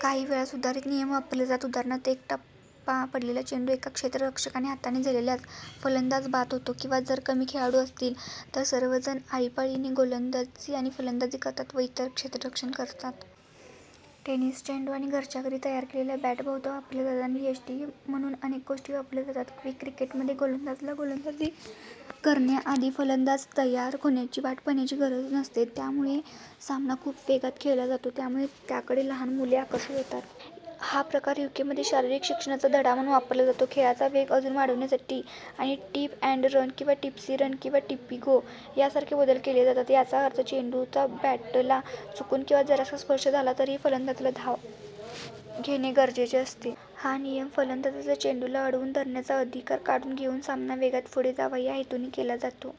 काही वेळा सुधारित नियम वापरले जातात: उदा. एक टप्पा पडलेला चेंडू एका क्षेत्ररक्षकाने हाताने झेलल्यास फलंदाज बाद होतो; किंवा जर कमी खेळाडू असतील तर सर्वजण आळीपाळीने गोलंदाजी आणि फलंदाजी करतात व इतर क्षेत्ररक्षण करतात. टेनिस चेंडू आणि घरच्या घरी तयार केलेल्या बॅट बहुधा वापरल्या जातात, आणि यष्टी म्हणून अनेक गोष्टी वापरल्या जातात. क्विक क्रिकेटमध्ये, गोलंदाजाला गोलंदाजी करण्याआधी फलंदाज तयार होण्याची वाट पाहण्याची गरज नसते, त्यामुळे सामना खूप वेगात खेळला जातो, त्यामुळे त्याकडे लहान मुले आकर्षित होतात. हा प्रकार यूकेमध्ये शारीरिक शिक्षणाचा धडा म्हणून वापरला जातो. खेळाचा वेग अजून वाढविण्यासाठी आणि "टिप अँड रन" किंवा "टिप्सी रन" किंवा "टिप्पी-गो" यासारखे बदल केले जातात. याचा अर्थ चेंडूचा बॅटला चुकून किंवा जरासा स्पर्श झाला तरीही फलंदाजाला धाव घेणे गरजेचे असते. हा नियम, फलंदाजाचा चेंडूला अडवून धरण्याचा अधिकार काढून घेऊन सामना वेगात पुढे जावा या हेतूने केला जातो.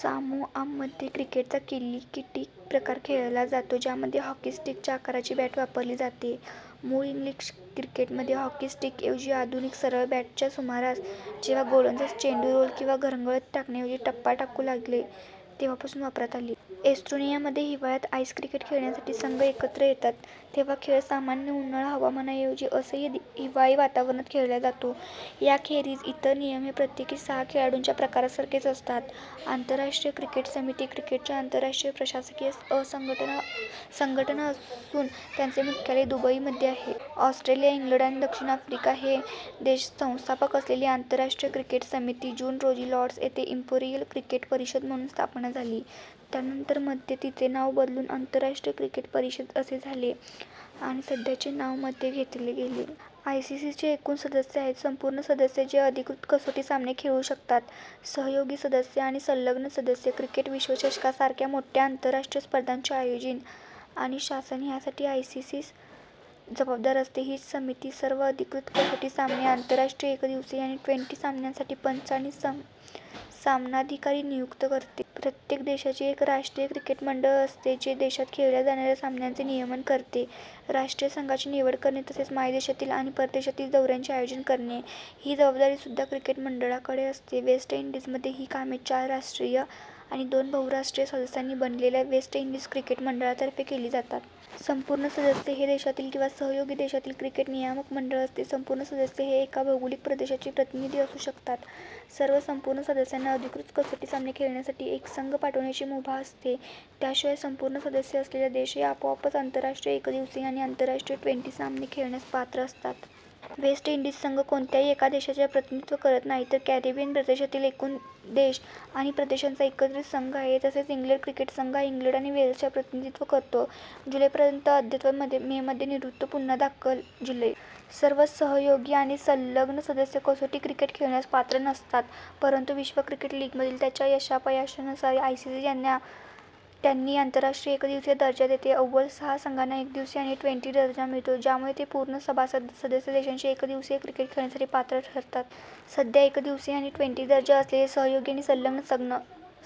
सामोआमध्ये क्रिकेटचा किलीकिटी प्रकार खेळला जातो, ज्यामध्ये हॉकी स्टिकच्या आकाराची बॅट वापरली जाते. मूळ इंग्लिश क्रिकेटमध्ये, हॉकी स्टिकऐवजी आधूनिक सरळ बॅट च्या सुमारास जेव्हा गोलंदाज चेंडू रोल किंवा घरंगळत टाकण्याऐवजी टप्पा टाकू लागले तेव्हापासून वापरात आली. एस्टोनियामध्ये हिवाळ्यात आईस क्रिकेट खेळण्यासाठी संघ एकत्र येतात. तेव्हा खेळ सामान्य उन्हाळी हवामानाऐवजी असह्य हिवाळी वातावरणात खेळला जातो. याखेरीज इतर नियम हे प्रत्येकी-सहा-खेळाडूंच्या प्रकारासारखेच असतात. आंतरराष्ट्रीय क्रिकेट समिती क्रिकेटची आंतरराष्ट्रीय प्रशासकीय संघटना असून, त्याचे मुख्यालय दुबई मध्ये आहे. ऑस्ट्रेलिया, इंग्लंड आणि दक्षिण आफ्रिका हे देश संस्थापक असलेली आंतरराष्ट्रीय क्रिकेट समिती जून रोजी लॉर्ड्स येथे इंपेरियल क्रिकेट परिषद म्हणून स्थापन झाली, त्यानंतर मध्ये तिचे नाव बदलून आंतरराष्ट्रीय क्रिकेट परिषद असे झाले, आणि सध्याचे नाव मध्ये घेतले गेले. आयसीसीचे एकूण सदस्य आहेत: संपूर्ण सदस्य जे अधिकृत कसोटी सामने खेळू शकतात, सहयोगी सदस्य, आणि संलग्न सदस्य. क्रिकेट विश्वचषकासारख्या मोठ्या आंतरराष्ट्रीय स्पर्धांचे आयोजिन आणि शासन ह्यासाठी आयसीसीस जबाबदार असते. हीच समिती सर्व अधिकृत कसोटी सामने, आंतरराष्ट्रीय एकदिवसीय आणि ट्वेंटी सामन्यांसाठी पंच आणि सामनाधिकारी नियुक्त करते. प्रत्येक देशाची एक राष्ट्रीय क्रिकेट मंडळ असते, जे देशात खेळल्या जाणाऱ्या सामन्यांचे नियमन करते. राष्ट्रीय संघाची निवड करणे तसेच मायदेशातील आणि परदेशातील दौऱ्यांचे आयोजन करणे ही जबाबदारीसुद्धा क्रिकेट मंडळाकडे असते. वेस्ट इंडीजमध्ये ही कामे चार राष्ट्रीय आणि दोन बहुराष्ट्रीय सदस्यांनी बनलेल्या वेस्ट इंडीज क्रिकेट मंडळातर्फे केली जातात. संपूर्ण सदस्य हे देशातील किंवा सहयोगी देशातील क्रिकेट नियामक मंडळ असते. संपूर्ण सदस्य हे एका भौगोलिक प्रदेशाचे प्रतिनिधी असू शकतात. सर्व संपूर्ण सदस्यांना अधिकृत कसोटी सामने खेळण्यासाठी एक संघ पाठवण्याची मुभा असते. त्याशिवाय, संपूर्ण सदस्य असलेल्या देश हे आपोआपच आंतरराष्ट्रीय एकदिवसीय आणि आंतरराष्ट्रीय ट्वेंटी सामने खेळण्यास पात्र असतात. वेस्ट इंडीज संघ कोणत्याही एका देशाचे प्रतिनिधित्व करत नाही तर कॅरिबियन प्रदेशातील एकूण देश आणि प्रदेशांचा एकत्रित संघ आहे. तसेच इंग्लंड क्रिकेट संघ हा इंग्लंड आणि वेल्सचे प्रतिनिधित्व करतो. जुलै पर्यंत अद्ययावत मे मध्ये निवृत्त, पुन्हा दाखल जुलै. सर्व सहयोगी आणि संलग्न सदस्य कसोटी क्रिकेट खेळण्यास पात्र नासतात, परंतु विश्व क्रिकेट लीगमधील त्यांच्या यशापयशावरून आयसीसी त्यांना आंतरराष्ट्रीय एकदिवसीय दर्जा देते. अव्वल सहा संघांना एकदिवसीय आणि ट्वेंटी दर्जा मिळतो, ज्यामुळे ते पूर्ण सभासद सदस्य देशांशी एकदिवसीय क्रिकेट खेळण्यासाठी पात्र ठरतात. सध्या एकदिवसीय आणि ट्वेंटी दर्जा असलेले सहयोगी आणि संलग्न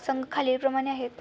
संघ खालीलप्रमाणे आहेत.